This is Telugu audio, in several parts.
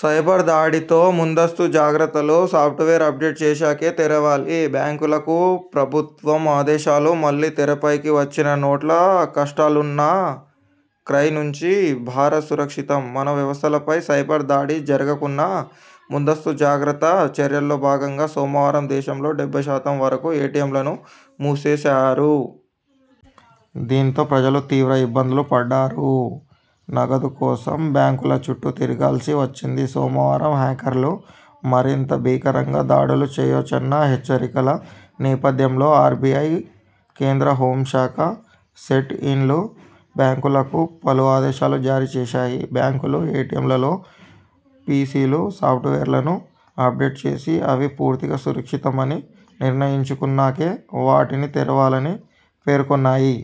సైబర్ దాడితో ముందస్తు జాగ్రత్తలు సాఫ్ట్వేర్ అప్డేట్ చేశాకే తెరవాలి బ్యాంకులకు ప్రభుత్వం ఆదేశాలు మళ్లీ తెరపైకి వచ్చిన నోట్ల కష్టాలువాన్నా క్రై నుంచి భారత్ సురక్షితం! మన వ్యవస్థలపై సైబర్ దాడి జరగకున్నా ముందస్తు జాగ్రత్త చర్యల్లో భాగంగా సోమవారం దేశంలో డెబ్బై శాతం వరకు ఏటీఎంలను మూసేశారు. దీంతో ప్రజలు తీవ్ర ఇబ్బందులు పడ్డారు. నగదు కోసం బ్యాంకుల చుట్టూ తిరగాల్సి వచ్చింది. సోమవారం హ్యాకర్లు మరింత భీకరంగా దాడులు చేయొచ్చన్న హెచ్చరికల నేపథ్యంలో ఆర్బీఐ కేంద్ర హోం శాఖ, సెర్ట్ ఇన్లు బ్యాంకులకు పలు ఆదేశాలు జారీ చేశాయి. బ్యాంకులు ఏటీఎంలలో పీసీలు, సాఫ్ట్వేర్లను అప్డేట్ చేసి అవి పూర్తిగా సురక్షితమని నిర్ణయించుకున్నాకే వాటిని తెరవాలని పేర్కొన్నాయి.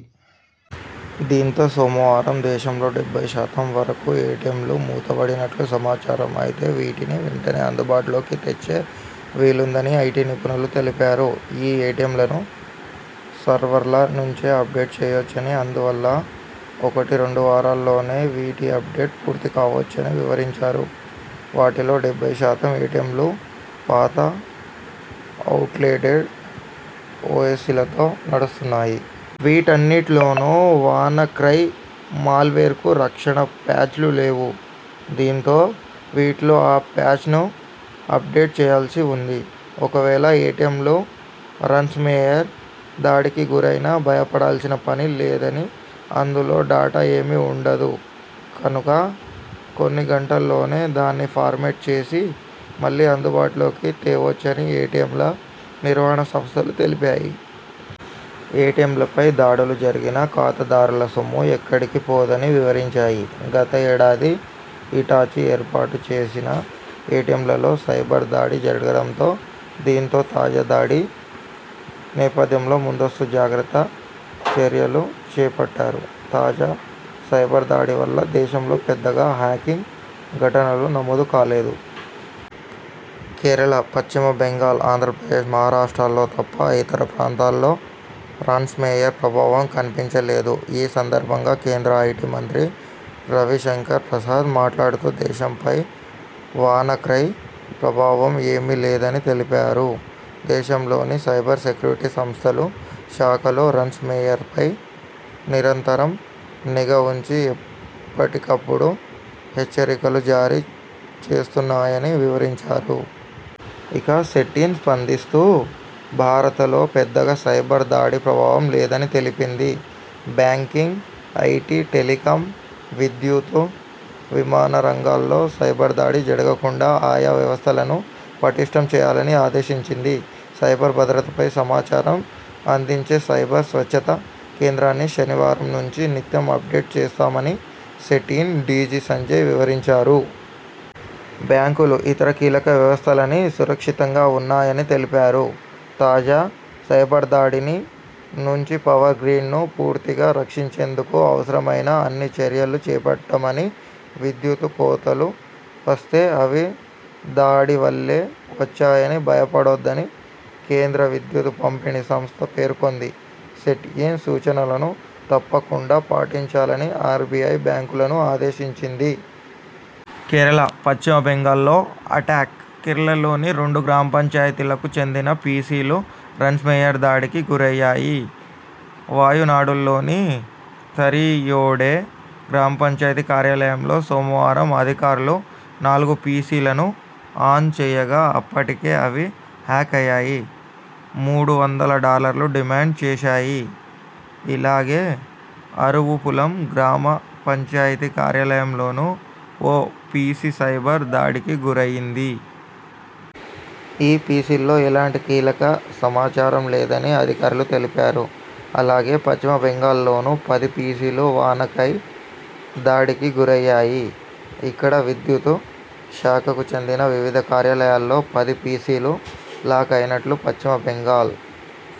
దీంతో సోమవారం దేశంలో డెబ్బై శాతం వరకు ఏటీఎంలు మూతబడినట్లు సమాచారం. అయితే వీటిని వెంటనే అందుబాటులోకి తెచ్చే వీలుందని ఐటీ నిపుణులు తెలిపారు. ఈ ఏటీఎంలను సర్వర్ల నుంచే అప్డేట్ చేయొచ్చని అందువల్ల ఒకటి రెండు వారాల్లోనే వీటి అప్డేట్ పూర్తికావొచ్చని వివరించారు. వాటిలో డెబ్బై శాతం ఏటీఎంలు పాత, అవుట్డేటెడ్ ఓఎ్సలతో నడుస్తున్నాయి. వీటన్నింటిలోనూ వాన్నా క్రై మాల్వేర్కు రక్షణ ప్యాచ్లు లేవు. దీంతో వీటిలో ఆ ప్యాచ్ను ఆప్డేట్ చేయాల్సి ఉంది. ఒకవేళ ఏటీఎంలు రాన్సమ్వేర్ దాడికి గురైనా భయపడాల్సిన పని లేదని అందులో డేటా ఏమీ ఉండదు కనుక కొన్ని గంటల్లోనే దాన్ని ఫార్మట్ చేసి మళ్లీ అందుబాటులోకి తేవొచ్చని ఏటీఎంల నిర్వహణ సంస్థలు తెలిపాయి. ఏటీఎంలపై దాడులు జరిగినా ఖాతాదారుల సొమ్ము ఎక్కడికీ పోదని వివరించాయి. గత ఏడాది హిటాచీ ఏర్పాటు చేసిన ఏటీఎంలలో సైబర్ దాడి జరగడంతో దీంతో తాజా దాడి నేపథ్యంలో ముందస్తు జాగ్రత్త చర్యలు చేపట్టారు. తాజా సైబర్ దాడి వల్ల దేశంలో పెద్దగా హ్యాకింగ్ ఘటనలు నమోదు కాలేదు. కేరళ, పశ్చిమ బెంగాల్, ఆంధ్రప్రదేశ్, మహారాష్ట్రల్లో తప్ప ఇతర ప్రాంతాల్లో రాన్సమ్వేర్ ప్రభావం కనిపించలేదు. ఈ సందర్భంగా కేంద్ర ఐటీ మంత్రి రవిశంకర్ ప్రసాద్ మాట్లాడుతూ దేశంపై వాన్నా క్రై ప్రభావం ఏమీ లేదని తెలిపారు. దేశంలోని సైబర్ సెక్యురిటీ సంస్థలు, శాఖలు రాన్సమ్వేర్పై నిరంతరం నిఘా ఉంచి ఎప్పటికిప్పుడు హెచ్చరికలు జారీ చేస్తున్నాయని వివరించారు. ఇక సెర్ట్ ఇన్ స్పందిస్తూ భారతలో పెద్దగా సైబర్ దాడి ప్రభావం లేదని తెలిపింది. బ్యాంకింగ్, ఐటీ, టెలికం, విద్యుత్తు, విమాన రంగాల్లో సైబర్ దాడి జరుగకుండా ఆయా వ్యవస్థలను పటిష్ఠం చేయాలని ఆదేశించింది. సైబర్ భద్రతపై సమాచారం అందించే సైబర్ స్వచ్చతా కేంద్రాన్ని శనివారం నుంచి నిత్యం అప్డేట్ చేస్తున్నామని సెర్ట్ ఇన్ డీజీ సంజయ్ వివరించారు. బ్యాంకులు ఇతర కీలక వ్యవస్థలన్నీ సురక్షితంగా ఉన్నాయని తెలిపారు. తాజా సైబర్దాడిని నుంచి పవర్ గ్రిడ్ను పూర్తిగా రక్షించేందుకు అవసరమైన అన్ని చర్యలూ చేపట్టామని విద్యుత్తు కోతలు వస్తే అవి దాడివల్లే వచ్చాయని భయపడవద్దని కేంద్ర విద్యుత్తు పంపిణీ సంస్థ పేర్కొంది. సెర్ట్ ఇన్ సూచనలను తప్పకుండా పాటించాలని ఆర్బీఐ బ్యాంకులను ఆదేశించింది. కేరళ, పశ్చిమ బెంగాల్లో అటాక్! కేరళలోని రెండు గ్రామ పంచాయతీలకు చెందిన పీసీలు రాన్సమ్వేర్ దాడికి గురయ్యాయి. వాయనాడులోని థరియోడె పంచాయతీ కార్యాలయంలో సోమవారం అధికారులు నాలుగు పీసీలను ఆన్ చేయగా అప్పటికే అవి హ్యాక్ అయ్యాయి. మూడు వందల డాలర్లు డిమాండ్ చేశాయి. ఇలాగే అరువపుళం గ్రామ పంచాయతీ కార్యాలయంలోనూ ఓ పీసీ సైబర్ దాడికి గురైంది. ఈ పీసీల్లో ఎలాంటి కీలక సమాచారం లేదని అధికారులు తెలిపారు. అలాగే పశ్చిమబెంగాల్లోనూ పది పీసీలు వాన్నా క్రై దాడికి గురయ్యాయి. ఇక్కడ విద్యుత్తు శాఖకు చెందిన వివిధ కార్యాలయాల్లో పది పీసీలు లాక్ అయినట్లు పశ్చిమ బెంగాల్